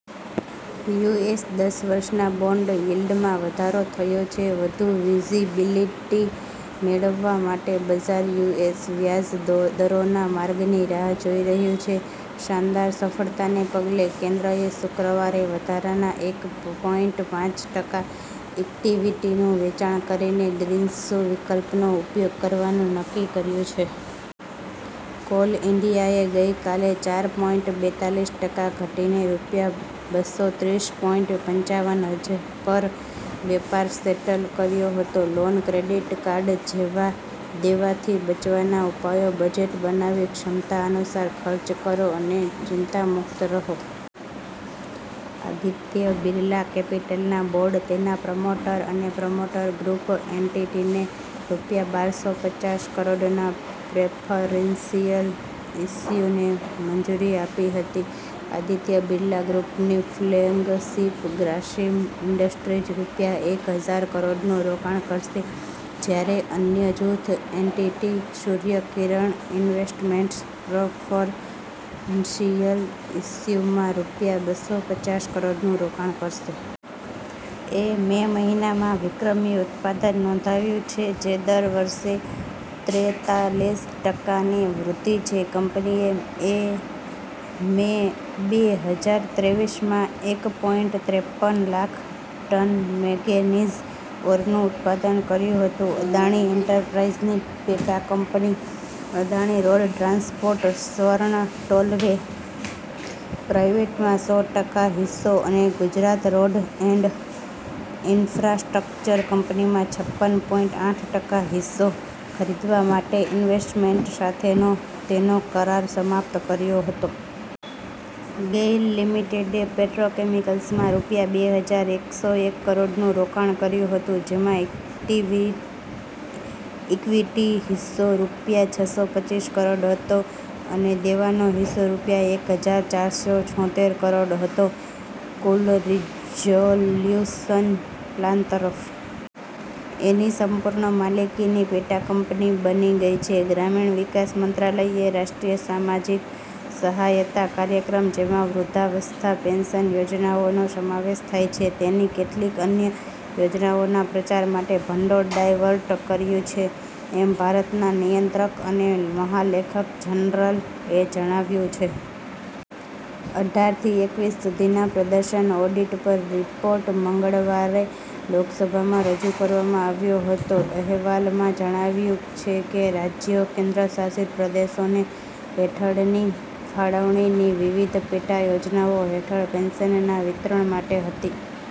US દસ-વર્ષના bond યીલ્ડમાં વધારો થયો છે, વધુ વિઝિબિલિટી મેળવવા માટે બજાર યુએસ વ્યાજ દરોના માર્ગની રાહ જોઈ રહ્યું છે. " શાનદાર સફળતાને પગલે, કેન્દ્રએ શુક્રવારે વધારાના એક પોઈંટ પાંચ ટકા ઇક્વિટીનું વેચાણ કરીને ગ્રીનશૂ વિકલ્પનો ઉપયોગ કરવાનું નક્કી કર્યું છે. કોલ ઈન્ડિયાએ ગઈ કાલે ચાર પોઈંટ બેતાલીસ ટકા ઘટીને રૂપિયા બસોત્રીસ પોઈંટ પંચાવન પર વેપાર સેટલ કર્યો હતો. લોન-ક્રેડિટ કાર્ડ જેવા દેવાથી બચવાના ઉપાયો; બજેટ બનાવી ક્ષમતા અનુસાર ખર્ચ કરો અને ચિંતામુક્ત રહો. આદિત્ય બિરલા કેપિટલના બોર્ડે તેના પ્રમોટર અને પ્રમોટર ગ્રૂપ એન્ટિટીને રૂપિયા બારસો પચાસ કરોડના પ્રેફરન્શિયલ ઇશ્યુને મંજૂરી આપી હતી. આદિત્ય બિરલા ગ્રૂપની ફ્લેગશિપ ગ્રાસિમ ઇન્ડસ્ટ્રીઝ રૂપિયા એક હજાર કરોડનું રોકાણ કરશે, જ્યારે અન્ય જૂથ entity, Surya Kiran Investments preferential ઇશ્યૂમાં રૂપિયા બસો પચાસ કરોડનું રોકાણ કરશે. એ મે મહિનામાં વિક્રમી ઉત્પાદન નોંધાવ્યું છે, જે દર વર્ષે ત્રેતાલીસ ટકા ની વૃદ્ધિ છે. કંપનીએ મે બે હજાર ત્રેવીસમાં એક પોઈંટ ત્રેપન લાખ ટન મેંગેનીઝ ઓરનું ઉત્પાદન કર્યું હતું. અદાણી એન્ટરપ્રાઈઝની પેટાકંપની, અદાણી રોડ ટ્રાન્સપોર્ટે સ્વર્ણ ટોલવે પ્રાઈવેટમાં સો ટકા હિસ્સો અને ગુજરાત રોડ એન્ડ ઈન્ફ્રાસ્ટ્રક્ચર કંપનીમાં છપ્પન પોઈંટ આઠ ટકા હિસ્સો ખરીદવા માટે ઈન્વેસ્ટમેન્ટ્સ સાથેનો તેનો કરાર સમાપ્ત કર્યો હતો. ગેઇલ લિમિટેડે પેટ્રોકેમિકલ્સમાં રૂપિયા બે હજાર એકસો એક કરોડનું રોકાણ કર્યું હતું, જેમાં ઇક્વિટી હિસ્સો રૂપિયા છસો પચ્ચીસ કરોડ હતો અને દેવાનો હિસ્સો રૂપિયા એક હજાર ચારસો છોતેર કરોડ હતો, કુલ રિઝોલ્યુશન પ્લાન તરફ. એ ની સંપૂર્ણ માલિકીની પેટાકંપની બની ગઈ છે. ગ્રામીણ વિકાસ મંત્રાલય એ રાષ્ટ્રીય સામાજિક સહાયતા કાર્યક્રમ, જેમાં વૃદ્ધાવસ્થા પેન્શન યોજનાઓનો સમાવેશ થાય છે, તેની કેટલીક અન્ય યોજનાઓના પ્રચાર માટે ભંડોળ ડાયવર્ટ કર્યું છે, એમ ભારતના નિયંત્રક અને મહાલેખક જનરલ એ જણાવ્યું છે. અઢાર થી એકવીસ સુધીના પ્રદર્શન ઓડિટ પર રિપોર્ટ મંગળવારે લોકસભામાં રજૂ કરવામાં આવ્યો હતો. અહેવાલમાં જણાવાયું છે કે "રાજ્યો/ કેન્દ્રશાસિત પ્રદેશોને હેઠળની ફાળવણી ની વિવિધ પેટા યોજનાઓ હેઠળ પેન્શનના વિતરણ માટે હતી.